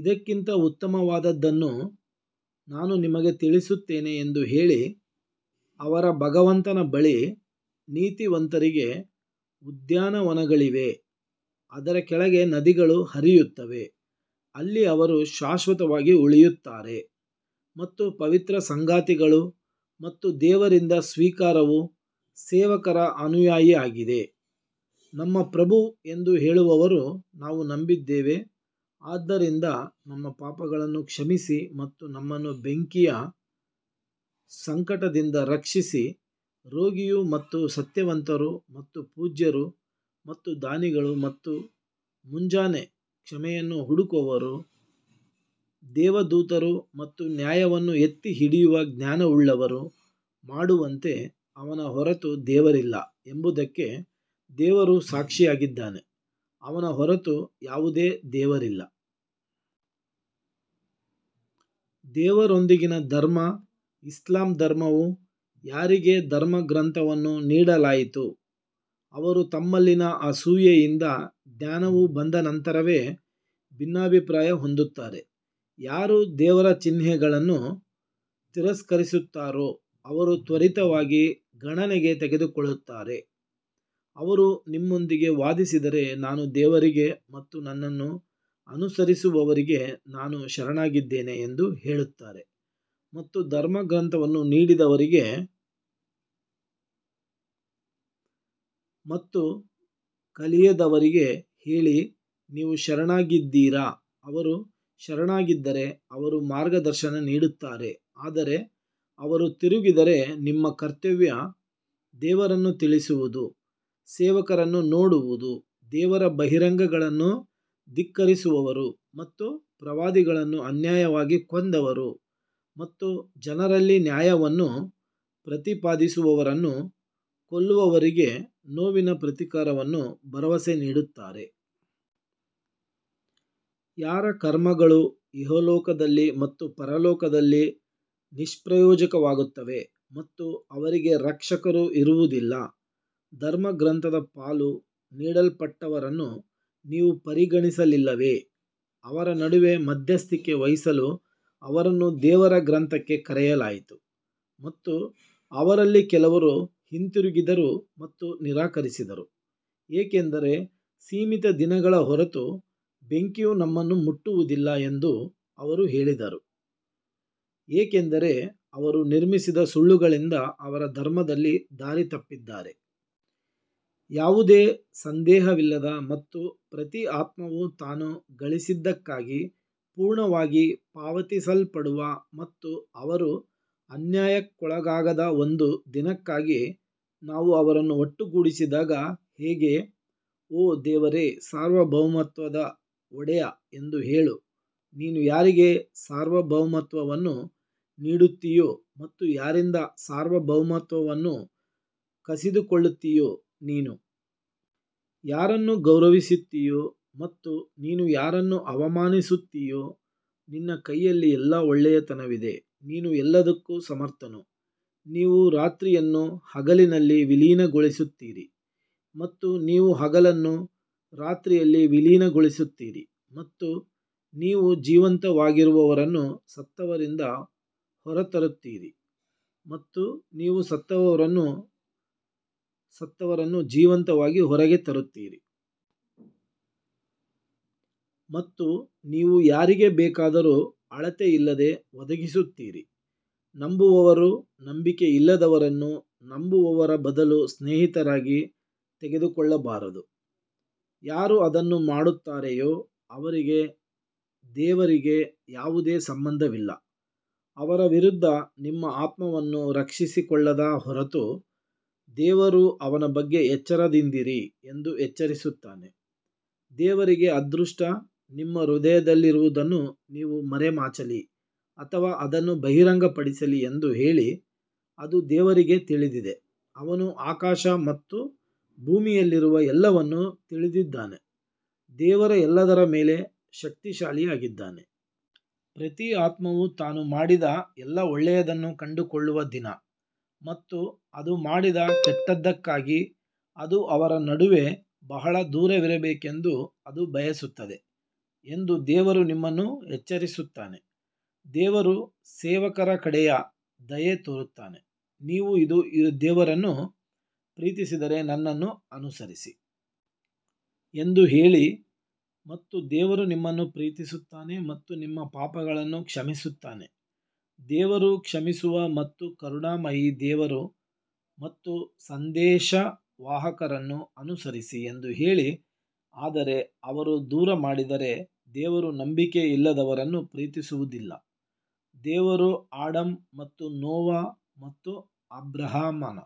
ಇದಕ್ಕಿಂತ ಉತ್ತಮವಾದದ್ದನ್ನು ನಾನು ನಿಮಗೆ ತಿಳಿಸುತ್ತೇನೆ ಎಂದು ಹೇಳಿ, ಅವರ ಭಗವಂತನ ಬಳಿ ನೀತಿವಂತರಿಗೆ ಉದ್ಯಾನವನಗಳಿವೆ, ಅದರ ಕೆಳಗೆ ನದಿಗಳು ಹರಿಯುತ್ತವೆ, ಅಲ್ಲಿ ಅವರು ಶಾಶ್ವತವಾಗಿ ಉಳಿಯುತ್ತಾರೆ ಮತ್ತು ಪವಿತ್ರ ಸಂಗಾತಿಗಳು ಮತ್ತು ದೇವರಿಂದ ಸ್ವೀಕಾರವು ಸೇವಕರ ಅನುಯಾಯಿಯಾಗಿದೆ. ನಮ್ಮ ಪ್ರಭು ಎಂದು ಹೇಳುವವರು ನಾವು ನಂಬಿದ್ದೇವೆ ಆದ್ದರಿಂದ ನಮ್ಮ ಪಾಪಗಳನ್ನು ಕ್ಷಮಿಸಿ ಮತ್ತು ನಮ್ಮನ್ನು ಬೆಂಕಿಯ ಸಂಕಟದಿಂದ ರಕ್ಷಿಸಿ ರೋಗಿಯು ಮತ್ತು ಸತ್ಯವಂತರು ಮತ್ತು ಪೂಜ್ಯರು ಮತ್ತು ದಾನಿಗಳು ಮತ್ತು ಮುಂಜಾನೆ ಕ್ಷಮೆಯನ್ನು ಹುಡುಕುವವರು ದೇವದೂತರು ಮತ್ತು ನ್ಯಾಯವನ್ನು ಎತ್ತಿಹಿಡಿಯುವ ಜ್ಞಾನವುಳ್ಳವರು ಮಾಡುವಂತೆ ಅವನ ಹೊರತು ದೇವರಿಲ್ಲ ಎಂಬುದಕ್ಕೆ ದೇವರು ಸಾಕ್ಷಿಯಾಗಿದ್ದಾನೆ, ಅವನ ಹೊರತು ಯಾವುದೇ ದೇವರಿಲ್ಲ. ದೇವರೊಂದಿಗಿನ ಧರ್ಮ ಇಸ್ಲಾಂ ಧರ್ಮವು ಯಾರಿಗೆ ಧರ್ಮಗ್ರಂಥವನ್ನು ನೀಡಲಾಯಿತು, ಅವರು ತಮ್ಮಲ್ಲಿನ ಅಸೂಯೆಯಿಂದ ಜ್ಞಾನವು ಬಂದ ನಂತರವೇ ಭಿನ್ನಾಭಿಪ್ರಾಯ ಹೊಂದುತ್ತಾರೆ, ಯಾರು ದೇವರ ಚಿಹ್ನೆಗಳನ್ನು ತಿರಸ್ಕರಿಸುತ್ತಾರೋ ಅವರು ತ್ವರಿತವಾಗಿ ಗಣನೆಗೆ ತೆಗೆದುಕೊಳ್ಳುತ್ತಾರೆ. ಅವರು ನಿಮ್ಮೊಂದಿಗೆ ವಾದಿಸಿದರೆ ನಾನು ದೇವರಿಗೆ ಮತ್ತು ನನ್ನನ್ನು ಅನುಸರಿಸುವವರಿಗೆ ನಾನು ಶರಣಾಗಿದ್ದೇನೆ ಎಂದು ಹೇಳುತ್ತಾರೆ ಮತ್ತು ಧರ್ಮಗ್ರಂಥವನ್ನು ನೀಡಿದವರಿಗೆ ಮತ್ತು ಕಲಿಯದವರಿಗೆ ಹೇಳಿ ನೀವು ಶರಣಾಗಿದ್ದೀರಾ ಅವರು ಶರಣಾಗಿದ್ದರೆ ಅವರು ಮಾರ್ಗದರ್ಶನ ನೀಡುತ್ತಾರೆ ಆದರೆ ಅವರು ತಿರುಗಿದರೆ ನಿಮ್ಮ ಕರ್ತವ್ಯ ದೇವರನ್ನು ತಿಳಿಸುವುದು ಸೇವಕರನ್ನು ನೋಡುವುದು ದೇವರ ಬಹಿರಂಗಗಳನ್ನು ಧಿಕ್ಕರಿಸುವವರು ಮತ್ತು ಪ್ರವಾದಿಗಳನ್ನು ಅನ್ಯಾಯವಾಗಿ ಕೊಂದವರು ಮತ್ತು ಜನರಲ್ಲಿ ನ್ಯಾಯವನ್ನು ಪ್ರತಿಪಾದಿಸುವವರನ್ನು ಕೊಲ್ಲುವವರಿಗೆ ನೋವಿನ ಪ್ರತೀಕಾರವನ್ನು ಭರವಸೆ ನೀಡುತ್ತಾರೆ. ಯಾರ ಕರ್ಮಗಳು ಇಹಲೋಕದಲ್ಲಿ ಮತ್ತು ಪರಲೋಕದಲ್ಲಿ ನಿಷ್ಪ್ರಯೋಜಕವಾಗುತ್ತವೆ ಮತ್ತು ಅವರಿಗೆ ರಕ್ಷಕರು ಇರುವುದಿಲ್ಲ. ಧರ್ಮಗ್ರಂಥದ ಪಾಲು ನೀಡಲ್ಪಟ್ಟವರನ್ನು ನೀವು ಪರಿಗಣಿಸಲಿಲ್ಲವೇ, ಅವರ ನಡುವೆ ಮಧ್ಯಸ್ಥಿಕೆ ವಹಿಸಲು ಅವರನ್ನು ದೇವರ ಗ್ರಂಥಕ್ಕೆ ಕರೆಯಲಾಯಿತು ಮತ್ತು ಅವರಲ್ಲಿ ಕೆಲವರು ಹಿಂತಿರುಗಿದರು ಮತ್ತು ನಿರಾಕರಿಸಿದರು ಏಕೆಂದರೆ ಸೀಮಿತ ದಿನಗಳ ಹೊರತು ಬೆಂಕಿಯು ನಮ್ಮನ್ನು ಮುಟ್ಟುವುದಿಲ್ಲ ಎಂದು ಅವರು ಹೇಳಿದರು ಏಕೆಂದರೆ ಅವರು ನಿರ್ಮಿಸಿದ ಸುಳ್ಳುಗಳಿಂದ ಅವರ ಧರ್ಮದಲ್ಲಿ ದಾರಿ ತಪ್ಪಿದ್ದಾರೆ. ಯಾವುದೇ ಸಂದೇಹವಿಲ್ಲದ ಮತ್ತು ಪ್ರತಿ ಆತ್ಮವು ತಾನು ಗಳಿಸಿದ್ದಕ್ಕಾಗಿ ಪೂರ್ಣವಾಗಿ ಪಾವತಿಸಲ್ಪಡುವ ಮತ್ತು ಅವರು ಅನ್ಯಾಯಕ್ಕೊಳಗಾಗದ ಒಂದು ದಿನಕ್ಕಾಗಿ ನಾವು ಅವರನ್ನು ಒಟ್ಟುಗೂಡಿಸಿದಾಗ ಹೇಗೆ? ಓ ದೇವರೇ ಸಾರ್ವಭೌಮತ್ವದ ಒಡೆಯ ಎಂದು ಹೇಳು ನೀನು ಯಾರಿಗೆ ಸಾರ್ವಭೌಮತ್ವವನ್ನು ನೀಡುತ್ತೀಯೋ ಮತ್ತು ಯಾರಿಂದ ಸಾರ್ವಭೌಮತ್ವವನ್ನು ಕಸಿದುಕೊಳ್ಳುತ್ತೀಯೋ ನೀನು ಯಾರನ್ನು ಗೌರವಿಸುತ್ತೀಯೋ ಮತ್ತು ನೀನು ಯಾರನ್ನು ಅವಮಾನಿಸುತ್ತೀಯೋ ನಿನ್ನ ಕೈಯಲ್ಲಿ ಎಲ್ಲಾ ಒಳ್ಳೆಯತನವಿದೆ ನೀನು ಎಲ್ಲದಕ್ಕೂ ಸಮರ್ಥನು ನೀವು ರಾತ್ರಿಯನ್ನು ಹಗಲಿನಲ್ಲಿ ವಿಲೀನಗೊಳಿಸುತ್ತೀರಿ ಮತ್ತು ನೀವು ಹಗಲನ್ನು ರಾತ್ರಿಯಲ್ಲಿ ವಿಲೀನಗೊಳಿಸುತ್ತೀರಿ ಮತ್ತು ನೀವು ಜೀವಂತವಾಗಿರುವವರನ್ನು ಸತ್ತವರಿಂದ ಹೊರತರುತ್ತೀರಿ ಮತ್ತು ನೀವು ಸತ್ತವರನ್ನು ಜೀವಂತವಾಗಿ ಹೊರಗೆ ತರುತ್ತೀರಿ ಮತ್ತು ನೀವು ಯಾರಿಗೆ ಬೇಕಾದರೂ ಅಳತೆಯಿಲ್ಲದೆ ಒದಗಿಸುತ್ತೀರಿ ನಂಬುವವರು ನಂಬಿಕೆಯಿಲ್ಲದವರನ್ನು ನಂಬುವವರ ಬದಲು ಸ್ನೇಹಿತರಾಗಿ ತೆಗೆದುಕೊಳ್ಳಬಾರದು, ಯಾರು ಅದನ್ನು ಮಾಡುತ್ತಾರೆಯೋ ಅವರಿಗೆ ದೇವರಿಗೆ ಯಾವುದೇ ಸಂಬಂಧವಿಲ್ಲ, ಅವರ ವಿರುದ್ಧ ನಿಮ್ಮ ಆತ್ಮವನ್ನು ರಕ್ಷಿಸಿಕೊಳ್ಳದ ಹೊರತು ದೇವರು ಅವನ ಬಗ್ಗೆ ಎಚ್ಚರದಿಂದಿರಿ ಎಂದು ಎಚ್ಚರಿಸುತ್ತಾನೆ ದೇವರಿಗೆ ಅದೃಷ್ಟ ನಿಮ್ಮ ಹೃದಯದಲ್ಲಿರುವುದನ್ನು ನೀವು ಮರೆಮಾಚಲಿ ಅಥವಾ ಅದನ್ನು ಬಹಿರಂಗಪಡಿಸಲಿ ಎಂದು ಹೇಳಿ, ಅದು ದೇವರಿಗೆ ತಿಳಿದಿದೆ, ಅವನು ಆಕಾಶ ಮತ್ತು ಭೂಮಿಯಲ್ಲಿರುವ ಎಲ್ಲವನ್ನೂ ತಿಳಿದಿದ್ದಾನೆ, ದೇವರು ಎಲ್ಲದರ ಮೇಲೆ ಶಕ್ತಿಶಾಲಿಯಾಗಿದ್ದಾನೆ. ಪ್ರತಿ ಆತ್ಮವು ತಾನು ಮಾಡಿದ ಎಲ್ಲಾ ಒಳ್ಳೆಯದನ್ನು ಕಂಡುಕೊಳ್ಳುವ ದಿನ ಮತ್ತು ಅದು ಮಾಡಿದ ಕೆಟ್ಟದ್ದಕ್ಕಾಗಿ ಅದು ಅವರ ನಡುವೆ ಬಹಳ ದೂರವಿರಬೇಕೆಂದು ಅದು ಬಯಸುತ್ತದೆ ಎಂದು ದೇವರು ನಿಮ್ಮನ್ನು ಎಚ್ಚರಿಸುತ್ತಾನೆ, ದೇವರು ಸೇವಕರ ಕಡೆಗೆ ದಯೆ ತೋರುತ್ತಾನೆ ನೀವು ದೇವರನ್ನು ಪ್ರೀತಿಸಿದರೆ ನನ್ನನ್ನು ಅನುಸರಿಸಿ ಎಂದು ಹೇಳಿ ಮತ್ತು ದೇವರು ನಿಮ್ಮನ್ನು ಪ್ರೀತಿಸುತ್ತಾನೆ ಮತ್ತು ನಿಮ್ಮ ಪಾಪಗಳನ್ನು ಕ್ಷಮಿಸುತ್ತಾನೆ ದೇವರು ಕ್ಷಮಿಸುವ ಮತ್ತು ಕರುಣಾಮಯಿ ದೇವರು ಮತ್ತು ಸಂದೇಶವಾಹಕರನ್ನು ಅನುಸರಿಸಿ ಎಂದು ಹೇಳಿ ಆದರೆ ಅವರು ದೂರ ಮಾಡಿದರೆ ದೇವರು ನಂಬಿಕೆಯಿಲ್ಲದವರನ್ನು ಪ್ರೀತಿಸುವುದಿಲ್ಲ ದೇವರು ಆಡಮ್ ಮತ್ತು ನೋವಾ ಮತ್ತು ಅಬ್ರಹಾಮನ